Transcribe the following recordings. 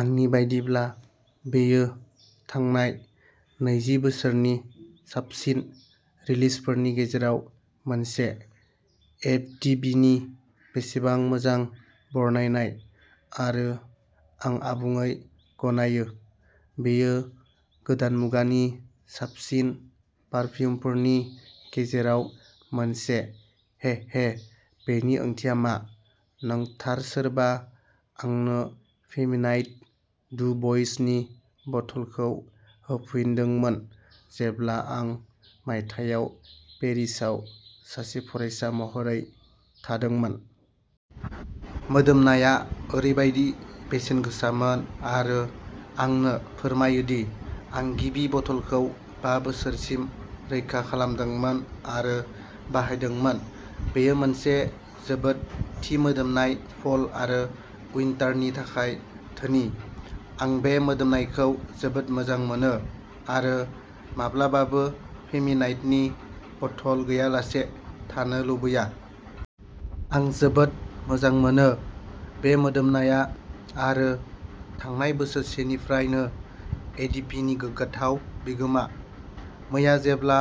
आंनि बायदिब्ला बेयो थांनाय नैजि बोसोरनि साबसिन रिलिजफोरनि गेजेराव मोनसे। एफ डि बिनि बेसेबां मोजां बरनायनाय, आरो आं आबुङै गनायो, बेयो गोदान मुगानि साबसिन पारफिउमफोरनि गेजेराव मोनसे। हेहे... बेनि ओंथिया मा? नों थार सोरबा आंनो फेमिनाइट डु बइसनि बथलखौ होफिनदोंमोन जेब्ला आं मायथाइयाव पेरिसाव सासे फरायसा महरै थादोंमोन। मोदोमनाया ओरैबायदि बेसेनगोसामोन आरो आंनो फोरमायो दि आं गिबि बथलखौ बा बोसोरसिम रैखा खालामदोंमोन आरो बाहायदोंमोन। बेयो मोनसे जोबोद-थि मोदोमनाय फल आरो उइन्टारनि थाखाय धोनि। आं बे मोदोमनायखौ जोबोद मोजां मोनो, आरो माब्लाबाबो फेमिनाइटनि बथल गैयालासे थानो लुबैया। आं जोबोद मोजां मोनो। बे मोदोमनाया आरो थांनाय बोसोरसेनिफ्रायनो एडिपिनि गोग्गाथाव बिगोमा। मैया जेब्ला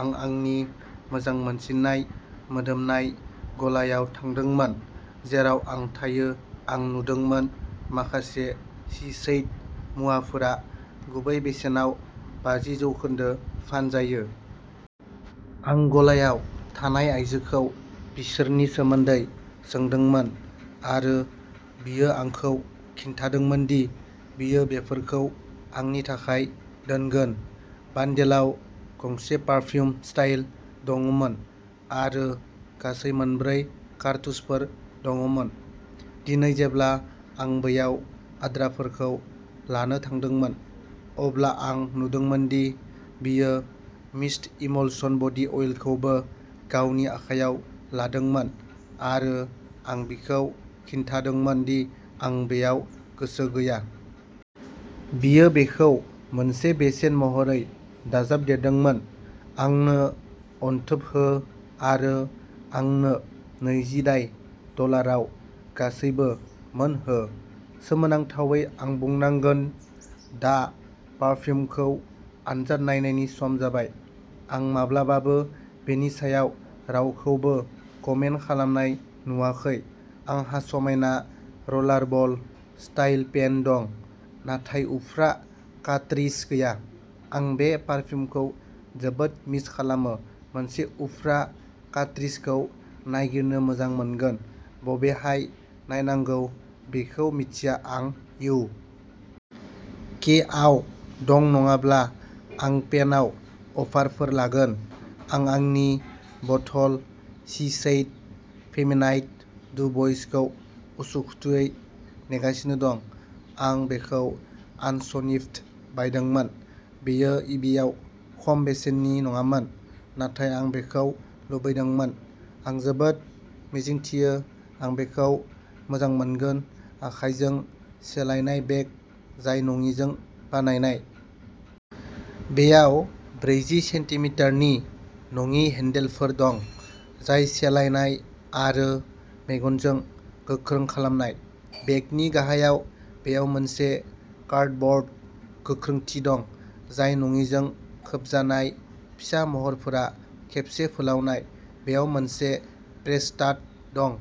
आं आंनि मोजां मोनसिननाय मोदोमनाय गलायाव थांदोंमोन, जेराव आं थायो आं नुदोंमोन माखासे शिसेइड' मुवाफोरा गुबै बेसेनाव बाजि जौखोन्दो फानजायो। आं गलायाव थानाय आयजोखौ बिसोरनि सोमोन्दै सोंदोंमोन आरो बियो आंखौ खिन्थादोंमोन दि बियो बेफोरखौ आंनि थाखाय दोनगोन। बानदेलाव गंसे पारफिउम स्टाइल' दंमोन आरो गासै मोनब्रै कारतुजफोर दंमोन। दिनै जेब्ला आं बैयाव आद्राफोरखौ लानो थांदोंमोन, अब्ला आं नुदोंमोन दि बियो मिस्ट इमल्सन बडि अवेइलखौबो गावनि आखायाव लादोंमोन आरो आं बिखौ खिन्थादोंमोन दि आं बेयाव गोसो गैया। बियो बेखौ मोनसे बेसेन महरै दाजाबदेरदोंमोन। आंनो अनथोब हो आरो आंनो नैजिदाइ डलाराव गासैबो मोनहो। सोमोनांथावै आं बुंनांगोन। दा पारफिउमखौ आनजाद नायनायनि सम जाबाय, आं माब्लाबाबो बेनि सायाव रावखौबो कमेन्ट खालामनाय नुवाखै आंहा समायना रलारबल स्टाइल' पेन दं नाथाय उफ्रा कार्ट्रिज गैया, आं बे पारफिउमखौ जोबोद मिस खालामो मोनसे उफ्रा कार्ट्रिजखौ नागिरनो मोजां मोनगोन, बबेहाय नायनांगौ बेखौ मिथिया आं इउ. के. आव दं नङाब्ला आं पेनआव अफारफोर लागोन आं आंनि बथल शिसिएड' फेमिनाइट डु बइसखौ उसुखुथुयै नेगासिनो दं आं बेखौ आनसनिफ्ड बायदोंमोन बेयो इबेआव खम बेसेननि नङामोन नाथाय आं बेखौ लुबैदोंमोन! आं जोबोद मिजिंथियो आं बेखौ मोजां मोनगोन आखायजों सेलायनाय बेग जाय नङिजों बानायनाय। बेयाव ब्रैजि सेन्टिमिटारनि नङि हेन्डलफोर दं जाय सेलायनाय आरो मेगनजों गोख्रों खालामनाय। बेगनि गाहायाव बेयाव मोनसे कार्डब'र्ड गोख्रोंथि दं जाय नङिजों खोबजानाय फिसा महरफोरा खेबसे फोलावनाय। बेयाव मोनसे प्रेस स्टाड दं।